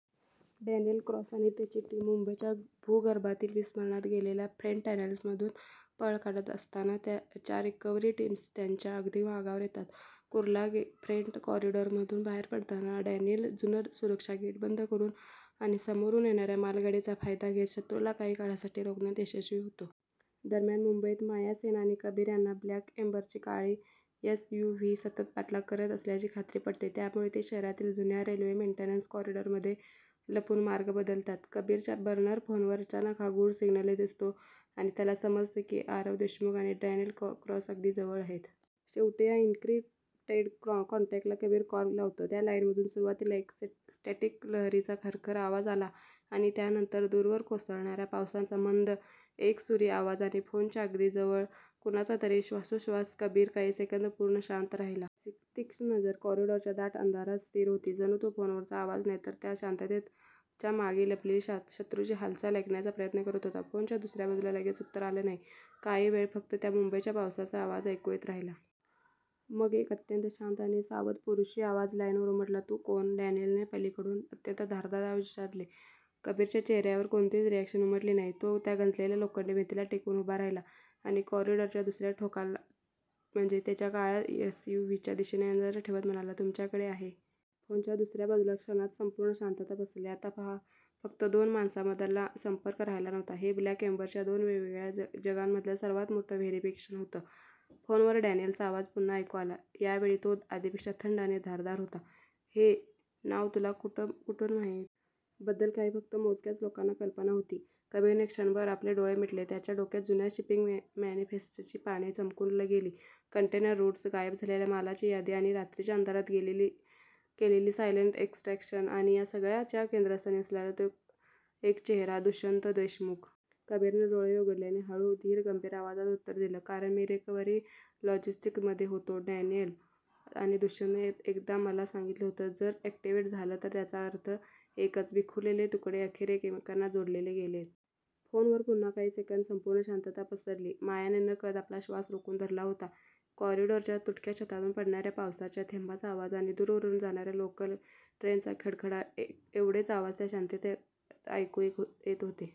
Daniel Cross आणि त्याची team मुंबईच्या भूगर्भातील विस्मरणात गेलेल्या फ्रेट टनेल्समधून पळ काढत असताना च्या रिकव्हरी टीम्स त्यांच्या अगदी मागावर येतात. कुर्ला फ्रेट कॉरिडॉरमधून बाहेर पडताना डॅनियल जुनं सुरक्षा गेट बंद करून आणि समोरून येणाऱ्या मालगाडीचा फायदा घेत शत्रूला काही काळासाठी रोखण्यात यशस्वी होतो. दरम्यान मुंबईत माया सेन आणि कबीर यांना ब्लॅक एम्बरची काळी एसयूव्ही सतत पाठलाग करत असल्याची खात्री पटते, त्यामुळे ते शहरातील जुन्या रेल्वे मेंटेनन्स कॉरिडॉरमध्ये लपून मार्ग बदलतात. कबीरच्या बर्नर फोनवर अचानक हा गूढ सिग्नल दिसतो आणि त्याला समजतं की आरव देशमुख आणि डॅनियल क्रॉस अगदी जवळ आहेत. शेवटी या एन्क्रिप्टेड कॉन्टॅक्टला कबीर कॉल लावतो. त्या लाईनमधून सुरुवातीला फक्त स्टॅटिक लहरींचा खरखर आवाज आला आणि त्यानंतर दूरवर कोसळणाऱ्या पावसाचा मंद, एकसुरी आवाज आणि फोनच्या अगदी जवळ कुणाचातरी श्वासोच्छवास कबीर काही सेकंद पूर्ण शांत राहिला. त्याची तीक्ष्ण नजर कॉरिडॉरच्या दाट अंधारात स्थिर होती. जणू तो फोनवरचा आवाज नाही, तर त्या शांततेच्या मागे लपलेली शत्रूची हालचाल ऐकण्याचा प्रयत्न करत होता. फोनच्या दुसऱ्या बाजूला लगेच उत्तर आलं नाही. काही वेळ फक्त त्या मुंबईच्या पावसाचा आवाज ऐकू येत राहिला. मग एक अत्यंत शांत आणि सावध पुरुषी आवाज लाईनवर उमटला. "तू कोण? " डॅनियलने पलीकडून अत्यंत धारदार आवाजात विचारले. कबीरच्या चेहऱ्यावर कोणतीही रिएक्शन उमटली नाही. तो त्या गंजलेल्या लोखंडी भिंतीला टेकून उभा राहिला आणि कॉरिडॉरच्या दुसऱ्या टोकाला, म्हणजेच त्या काळ्या एसयूव्हीच्या दिशेने नजर ठेवत म्हणाला तुमच्याकडे आहे. फोनच्या दुसऱ्या बाजूला क्षणात संपूर्ण शांतता पसरली. आता हा फक्त दोन माणसांमधला संपर्क राहिला नव्हता. हे 'ब्लॅक एम्बर'च्या दोन वेगवेगळ्या जगांमधलं सर्वात मोठं व्हेरिफिकेशन होतं. फोनवर डॅनियलचा आवाज पुन्हा ऐकू आला. या वेळी तो आधीपेक्षा थंड आणि धारदार होता, "हे नाव तुला कुठून माहित?" बद्दल फक्त काही मोजक्याच लोकांना कल्पना होती. कबीरने क्षणभर आपले डोळे मिटले. त्याच्या डोक्यात जुन्या शिपिंग मॅनिफेस्ट्सची पाने चमकून गेली. कंटेनर रूट्स, गायब झालेल्या मालाची यादी आणि रात्रीच्या अंधारात केलेली सायलेंट एक्स्ट्रॅक्शन्स आणि या सगळ्याच्या केंद्रस्थानी असलेला एक चेहरा दुष्यंत देशमुख. कबीरने डोळे उघडले आणि हळू, धीरगंभीर आवाजात उत्तर दिलं, "कारण मी रिकव्हरी लॉजिस्टिक्स मध्ये होतो, डॅनियल. आणि दुष्यंतने एकदा मला सांगितलं होतं जर ॲक्टिव्हेट झालं "तर त्याचा अर्थ एकच विखुरलेले तुकडे अखेर एकमेकांना जोडले गेलेत." फोनवर पुन्हा काही सेकंद संपूर्ण शांतता पसरली. मायाने नकळत आपला श्वास रोखून धरला होता. कॉरिडॉरच्या तुटक्या छतातून पडणाऱ्या पावसाच्या थेंबांचा आवाज आणि दूरवरून जाणाऱ्या लोकल ट्रेनचा खडखडाट एवढेच आवाज त्या शांततेत ऐकू येत होते.